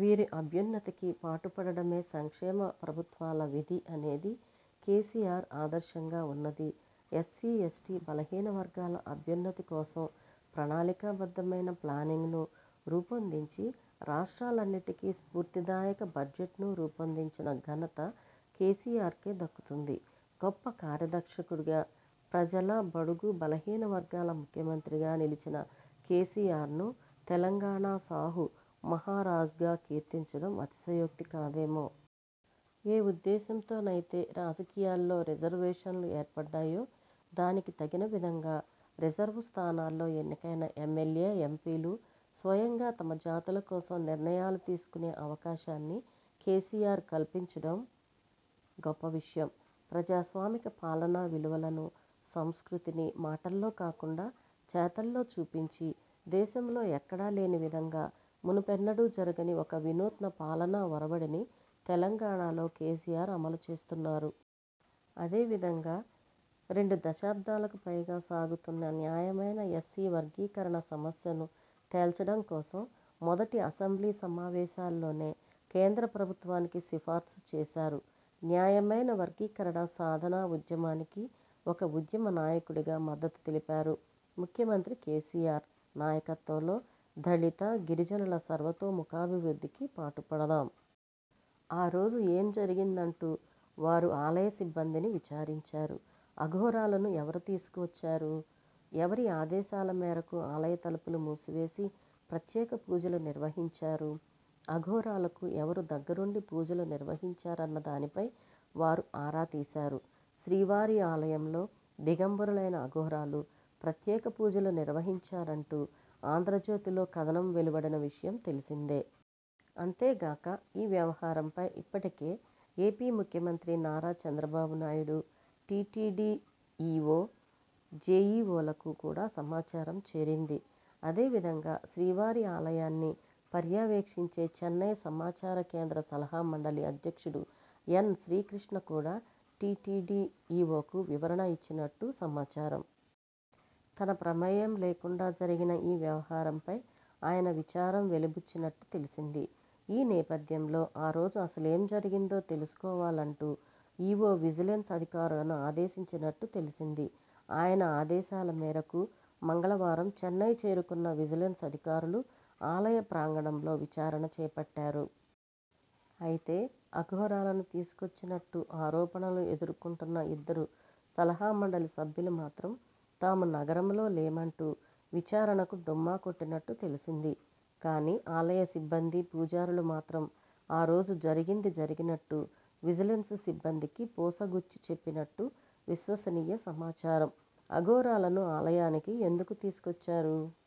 వీరి అభ్యున్నతికి పాటుపడటమే సంక్షేమ ప్రభుత్వాల విధి అనేది కేసీఆర్ ఆదర్శంగా ఉన్నది. ఎస్సీ, ఎస్టీ, బలహీన వర్గాల అభ్యున్నతి కోసం ప్రణాళికాబద్ధమైన ప్లానింగ్ను రూపొందించి రాష్ట్రాలన్నిటికీ స్ఫూర్తిదాయక బడ్జెట్ను రూపొందించిన ఘనత కేసీఆర్కే దక్కుతుంది. గొప్ప కార్యదక్షుడిగా, ప్రజల, బడుగు, బలహీన వర్గాల ముఖ్యమంత్రిగా నిలిచిన కేసీఆర్ను తెలంగాణ సాహు మహారాజ్గా కీర్తించడం అతిశయోక్తి కాదేమో. ఏ ఉద్దేశంతోనైతే రాజకీయాల్లో రిజర్వేషన్లు ఏర్పడ్డాయో, దానికి తగినవిధంగా రిజర్వు స్థానాల్లో ఎన్నికైన ఎమ్మెల్యే, ఎంపీలు స్వయంగా తమ జాతుల కోసం నిర్ణయాలు తీసుకునే అవకాశాన్ని కేసీఆర్ కల్పించడం గొప్ప విషయం. ప్రజాస్వామిక పాలనా విలువలను, సంస్కృతిని మాటల్లో కాకుండా చేతల్లో చూపించి, దేశంలో ఎక్కడలేని విధంగా, మునుపెన్నడూ జరుగని ఒక వినూత్న పాలనా ఒరవడిని తెలంగాణలో కేసీఆర్ అమలు చేస్తున్నారు. అదే విధంగా రెండు దశాబ్దాలకు పైగా సాగుతున్న న్యాయమైన ఎస్సీ వర్గీకరణ సమస్యను తేల్చడం కోసం మొదటి అసెంబ్లీ సమావేశాల్లోనే కేంద్ర ప్రభుత్వానికి సిఫార్సు చేశారు. న్యాయమైన వర్గీకరణ సాధన ఉద్యమానికి ఒక ఉద్యమ నాయకుడుగా మద్దతు తెలిపారు. ముఖ్యమంత్రి కేసీఆర్ నాయకత్వంలో దళిత, గిరిజనుల సర్వతోముఖాభివృద్ధికి పాటుపడదాం. ఆ రోజు ఏం జరిగిందంటూ వారు ఆలయ సిబ్బందిని విచారించారు. అఘోరాలను ఎవరు తీసుకొచ్చారు? ఎవరి ఆదేశాల మేరకు ఆలయ తలుపులు మూసివేసి ప్రత్యేక పూజలు నిర్వహించారు? అఘోరాలకు ఎవరు దగ్గరుండి పూజలు నిర్వహించారన్నదానిపై వారు ఆరా తీశారు. శ్రీవారి ఆలయంలో దిగంబరులైన అఘోరాలు ప్రత్యేక పూజలు నిర్వహించారంటూ 'ఆంధ్రజ్యోతి'లో కథనం వెలువడిన విషయం తెలిసిందే. అంతేగాక ఈ వ్యవహారంపై ఇప్పటికే ఏపీ ముఖ్యమంత్రి నారా చంద్రబాబునాయుడు, టీటీడీ ఈవో, జేఈవోలకు కూడా సమాచారం చేరింది. అదే విధంగా శ్రీవారి ఆలయాన్ని పర్యవేక్షించే చెన్నై సమాచారకేంద్ర సలహా మండలి అధ్యక్షుడు ఎన్. శ్రీకృష్ణ కూడా టీటీడీ ఈవోకు వివరణ ఇచ్చి నట్టు సమాచారం. తన ప్రమేయం లేకుండా జరిగిన ఈ వ్యవహారంపై ఆయన విచారం వెలిబుచ్చినట్టు తెలిసింది. ఈ నేపథ్యంలో ఆరోజు అసలేం జరిగిందో తెలుసుకోవాలంటూ ఈవో విజిలెన్స్ అదికారులను ఆదేశించినట్టు తెలిసింది. ఆయన ఆదేశాల మేరకు మంగళవారం చెన్నై చేరుకున్న విజిలెన్స్ అధికారులు ఆలయ ప్రాంగణంలో విచారణ చేపట్టారు. అయితే అఘోరాలను తీసుకొచ్చినట్టు ఆరోపణలు ఎదుర్కొంటున్న ఇద్దరు సలహామండలి సభ్యులు మాత్రం తాము నగరంలో లేమంటూ విచారణకు డుమ్మా కొట్టినట్టు తెలిసింది. కానీ ఆలయ సిబ్బంది, పూజారులు మాత్రం ఆరోజు జరిగింది జరిగినట్టు విజిలెన్స్ సిబ్బందికి పూసగుచ్చి చెప్పినట్టు విశ్వసనీయ సమాచారం. అఘోరాలను ఆలయానికి ఎందుకు తీసుకొచ్చారు?